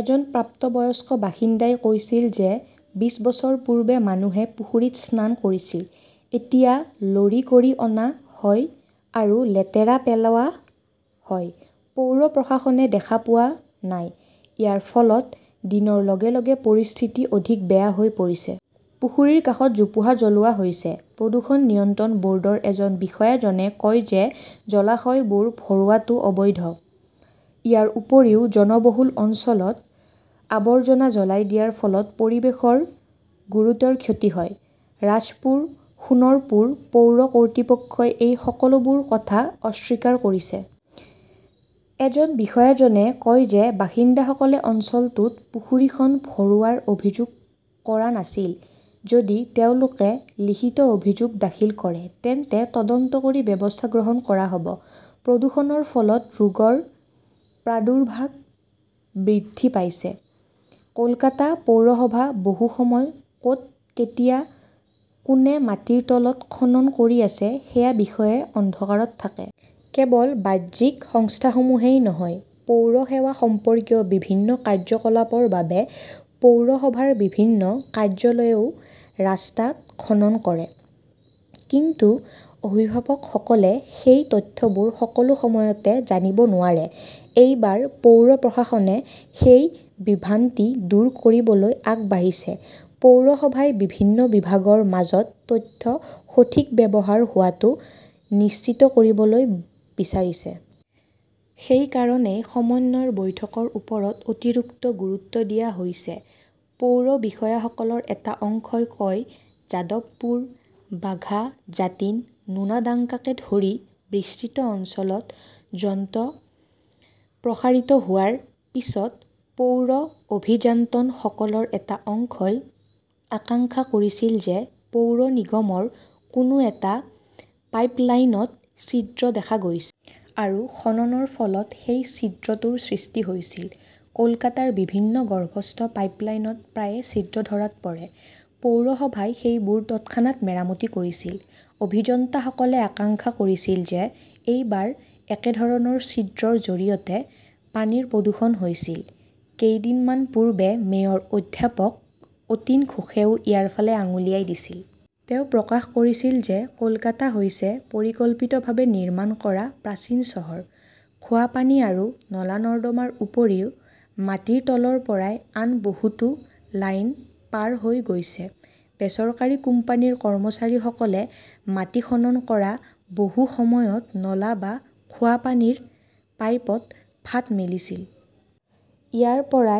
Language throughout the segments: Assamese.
এজন প্ৰাপ্তবয়স্ক বাসিন্দাই কৈছিল যে, বিশ বছৰ পূৰ্বে মানুহে পুখুৰীত স্নান কৰিছিল। এতিয়া লৰি কৰি অনা হয় আৰু লেতেৰা পেলোৱা হয়। পৌৰ প্ৰশাসনে দেখা পোৱা নাই। ইয়াৰ ফলত দিনৰ লগে লগে পৰিস্থিতি অধিক বেয়া হৈ পৰিছে। পুখুৰীৰ কাষত জোপোহা জ্বলোৱা হৈছে। প্ৰদূষণ নিয়ন্ত্ৰণ বৰ্ডৰ এজন বিষয়াজনে কয় যে, জলাশয়বোৰ ভৰোৱাটো অবৈধ। ইয়াৰ উপৰিও জনবহুল অঞ্চলত আৱৰ্জনা জ্বলাই দিয়াৰ ফলত পৰিৱেশৰ গুৰুতৰ ক্ষতি হয়। ৰাজপুৰ সোণৰপুৰ পৌৰ কৰ্তৃপক্ষই এই সকলোবোৰ কথা অস্বীকাৰ কৰিছে। এজন বিষয়াজনে কয় যে, বাসিন্দাসকলে অঞ্চলটোত পুখুৰীখন ভৰোৱাৰ অভিযোগ কৰা নাছিল। যদি তেওঁলোকে লিখিত অভিযোগ দাখিল কৰে, তেন্তে তদন্ত কৰি ব্যৱস্থা গ্ৰহণ কৰা হব। প্ৰদূষণৰ ফলত ৰোগৰ প্ৰাদুৰ্ভাৱ বৃদ্ধি পাইছে। কলকাতা পৌৰসভা বহু সময়ত ক'ত, কেতিয়া, কোনে মাটিৰ তলত খনন কৰি আছে, সেই বিষয়ে অন্ধকাৰত থাকে। কেৱল বাহ্যিক সংস্থাসমূহেই নহয়, পৌৰ সেৱা সম্পৰ্কীয় বিভিন্ন কাৰ্যকলাপৰ বাবে পৌৰসভাৰ বিভিন্ন কাৰ্যালয়েও ৰাস্তাত খনন কৰে। কিন্তু অভিভাৱকসকলে সেই তথ্যবোৰ সকলো সময়তে জানিব নোৱাৰে। এইবাৰ পৌৰ প্ৰশাসনে সেই "বিভ্ৰান্তি" দূৰ কৰিবলৈ আগবাঢ়িছে। পৌৰসভাই বিভিন্ন বিভাগৰ মাজত তথ্যৰ সঠিক ব্যৱহাৰ হোৱাটো নিশ্চিত কৰিবলৈ বিচাৰিছে। সেই কাৰণেই সমন্বয় বৈঠকৰ ওপৰত অতিৰিক্ত গুৰুত্ব দিয়া হৈছে, পৌৰ বিষয়াসকলৰ এটা অংশই কয়। যাদৱপুৰ, বাঘা জাটিন, নোনাডাঙ্গাকে ধৰি বিস্তৃত অঞ্চলত যন্ত্ৰ প্ৰসাৰিত হোৱাৰ পিছত পৌৰ অভিযন্তাসকলৰ এটা অংশই আশংকা কৰিছিল যে, পৌৰ নিগমৰ কোনো এটা পাইপলাইনত ছিদ্ৰ দেখা গৈছে। আৰু খননৰ ফলত সেই ছিদ্ৰটোৰ সৃষ্টি হৈছিল। কলকাতাৰ বিভিন্ন ভূগৰ্ভস্থ পাইপলাইনত প্ৰায়ে ছিদ্ৰ ধৰা পৰে। পৌৰসভাই সেইবোৰ তৎক্ষণাত মেৰামতি কৰিছিল। অভিযন্তাসকলে আশংকা কৰিছিল যে, এইবাৰ একেধৰণৰ ছিদ্ৰৰ জৰিয়তে পানীৰ প্ৰদূষণ হৈছিল। কেইদিনমান পূৰ্বে মেয়ৰ অধ্যাপক অতীন ঘোষেও ইয়াৰ ফালে আঙুলিয়াই দিছিল। তেওঁ প্ৰকাশ কৰিছিল যে, কলকাতা হৈছে পৰিকল্পিতভাৱে নিৰ্মাণ কৰা প্ৰাচীন চহৰ। খোৱাপানী আৰু নলা-নৰ্দমাৰ উপৰিও মাটিৰ তলৰ পৰা আন বহুতো লাইন পাৰ হৈ গৈছে। বেচৰকাৰী কোম্পানীৰ কৰ্মচাৰীসকলে মাটি খনন কৰাৰ বহু সময়ত নলা বা খোৱাপানীৰ পাইপত ফাট মেলিছিল। ইয়াৰ পৰা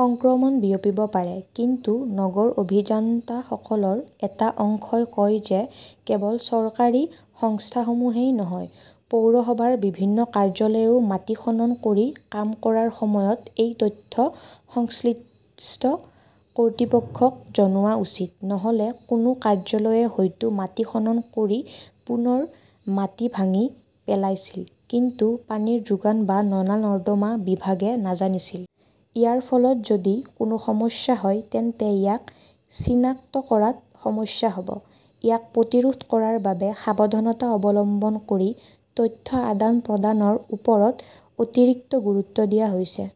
সংক্ৰমণ বিয়পিব পাৰে। কিন্তু নগৰ অভিযন্তাসকলৰ এটা অংশই কয় যে, কেৱল বেচৰকাৰী সংস্থাসমূহেই নহয়, পৌৰসভাৰ বিভিন্ন কাৰ্যালয়েও মাটি খনন কৰি কাম কৰাৰ সময়ত সেই তথ্য সংশ্লিষ্ট কৰ্তৃপক্ষক জনোৱা উচিত। নহলে কোনো কাৰ্যালয়ে হয়তো মাটি খনন কৰি পুনৰ মাটি ভাঙি পেলাইছিল, কিন্তু পানী যোগান বা নলা-নৰ্দমা বিভাগে নাজানিছিল। ইয়াৰ ফলত যদি কোনো সমস্যা হয়, তেন্তে ইয়াক চিনাক্ত কৰাত সমস্যা হব। ইয়াক প্ৰতিৰোধ কৰাৰ বাবে সাৱধানতা অৱলম্বন কৰি তথ্য আদান-প্ৰদানৰ ওপৰত অতিৰিক্ত গুৰুত্ব দিয়া হৈছে।